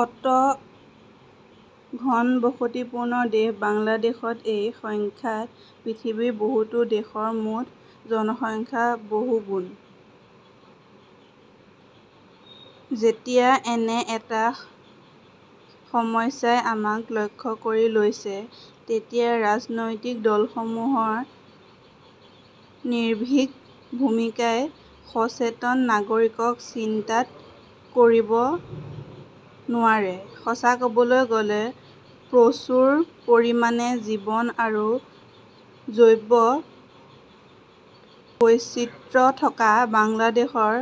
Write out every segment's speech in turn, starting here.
অতি ঘনবসতিপূৰ্ণ দেশ বাংলাদেশত এই সংখ্যা পৃথিৱীৰ বহুতো দেশৰ মুঠ জনসংখ্যাৰ বহুগুণ। যেতিয়া এনে এটা সমস্যাই আমাক লক্ষ্য কৰি লৈছে, তেতিয়া ৰাজনৈতিক দলসমূহৰ নিৰ্ভীক ভূমিকাই সচেতন নাগৰিকক চিন্তিত কৰিব নোৱাৰে। সঁচা কবলৈ গ'লে, প্ৰচুৰ পৰিমাণে জীৱন আৰু জৈৱ বৈচিত্ৰ্যথকা বাংলাদেশৰ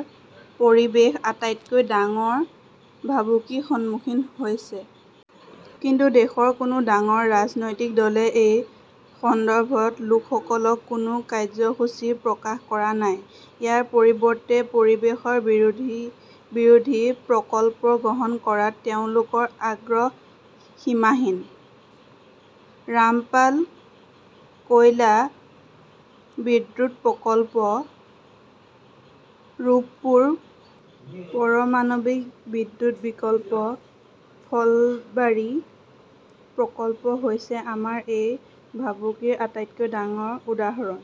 পৰিৱেশ আটাইতকৈ ডাঙৰ ভাবুকিৰ সন্মুখীন হৈছে। কিন্তু দেশৰ কোনো ডাঙৰ ৰাজনৈতিক দলে এই সন্দৰ্ভত তেওঁলোকৰ কোনো কাৰ্যসূচী প্ৰকাশ কৰা নাই। ইয়াৰ পৰিৱৰ্তে পৰিৱেশ বিৰোধী প্ৰকল্প গ্ৰহণ কৰাত তেওঁলোকৰ আগ্ৰহ সীমাহীন। ৰামপাল কয়লা বিদ্যুৎ প্ৰকল্প, ৰূপপুৰ পাৰমাণৱিক বিদ্যুৎ প্ৰকল্প, ফুলবাৰী প্ৰকল্প হৈছে আমাৰ এই ভাবুকিৰ আটাইতকৈ ডাঙৰ উদাহৰণ।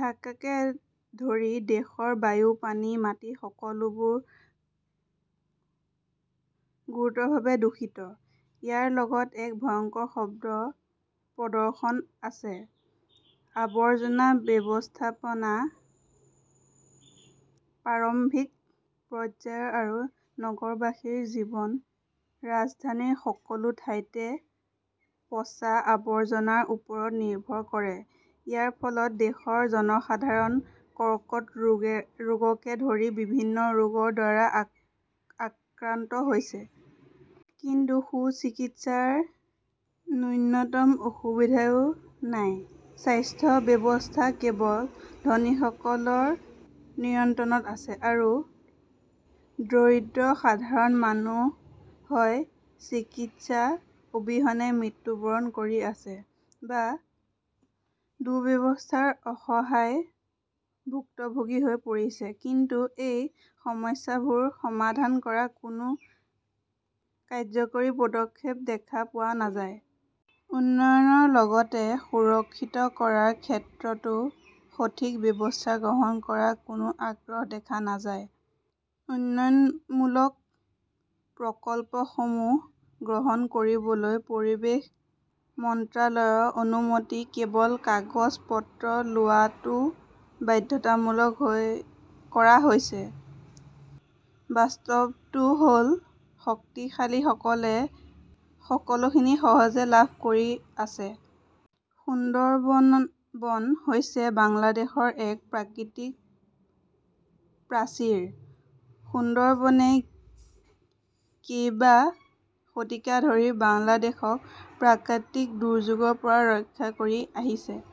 ঢাকাকে ধৰি দেশৰ বায়ু, পানী, মাটি-সকলোবোৰ গুৰুতৰভাৱে দূষিত। ইয়াৰ লগত এক ভয়ংকৰ শব্দ প্ৰদূষণ আছে। আৱৰ্জনা ব্যৱস্থাপনা প্ৰাৰম্ভিক পৰ্যায়ৰ আৰু নগৰবাসীৰ জীৱন ৰাজধানীৰ সকলো ঠাইতে পচা আৱৰ্জনাৰ ওপৰত নিৰ্ভৰ কৰে। ইয়াৰ ফলত দেশৰ জনসাধাৰণ কৰ্কট ৰোগকে ধৰি বিভিন্ন ৰোগৰ দ্বাৰা আক্ৰান্ত হৈছে। কিন্তু সু-চিকিৎসাৰ ন্যূনতম সুবিধাও নাই। স্বাস্থ্য ব্যৱস্থা কেৱল ধনীসকলৰ নিয়ন্ত্ৰণত আছে আৰু দৰিদ্ৰ সাধাৰণ মানুহ হয় চিকিৎসা অবিহনে মৃত্যুবৰণ কৰি আছে, বা দুৰ্ব্যৱহাৰৰ অসহায় ভুক্তভোগী হৈ পৰিছে। কিন্তু এই সমস্যাবোৰ সমাধান কৰাৰ কোনো কাৰ্যকৰী পদক্ষেপ দেখা পোৱা নাযায়। উন্নয়নৰ লগতে পৰিৱেশ সুৰক্ষিত কৰাৰ ক্ষেত্ৰতো সঠিক ব্যৱস্থা গ্ৰহণ কৰাৰ কোনো আগ্ৰহ দেখা নাযায়। উন্নয়নমূলক প্ৰকল্পসমূহ গ্ৰহণ কৰিবলৈ পৰিৱেশ মন্ত্ৰালয়ৰ অনুমতি কেৱল কাগজ-পত্ৰত লোৱাটো বাধ্যতামূলক কৰা হৈছে। বাস্তৱটো হ 'ল, শক্তিশালীসকলে সকলোখিনি সহজে লাভ কৰি আছে। সুন্দৰবন হৈছে বাংলাদেশৰ এক প্ৰাকৃতিক প্ৰাচীৰ। সুন্দৰবনে কেইবা শতিকা ধৰি বাংলাদেশক প্ৰাকৃতিক দুৰ্যোগৰ পৰা ৰক্ষা কৰি আহিছে।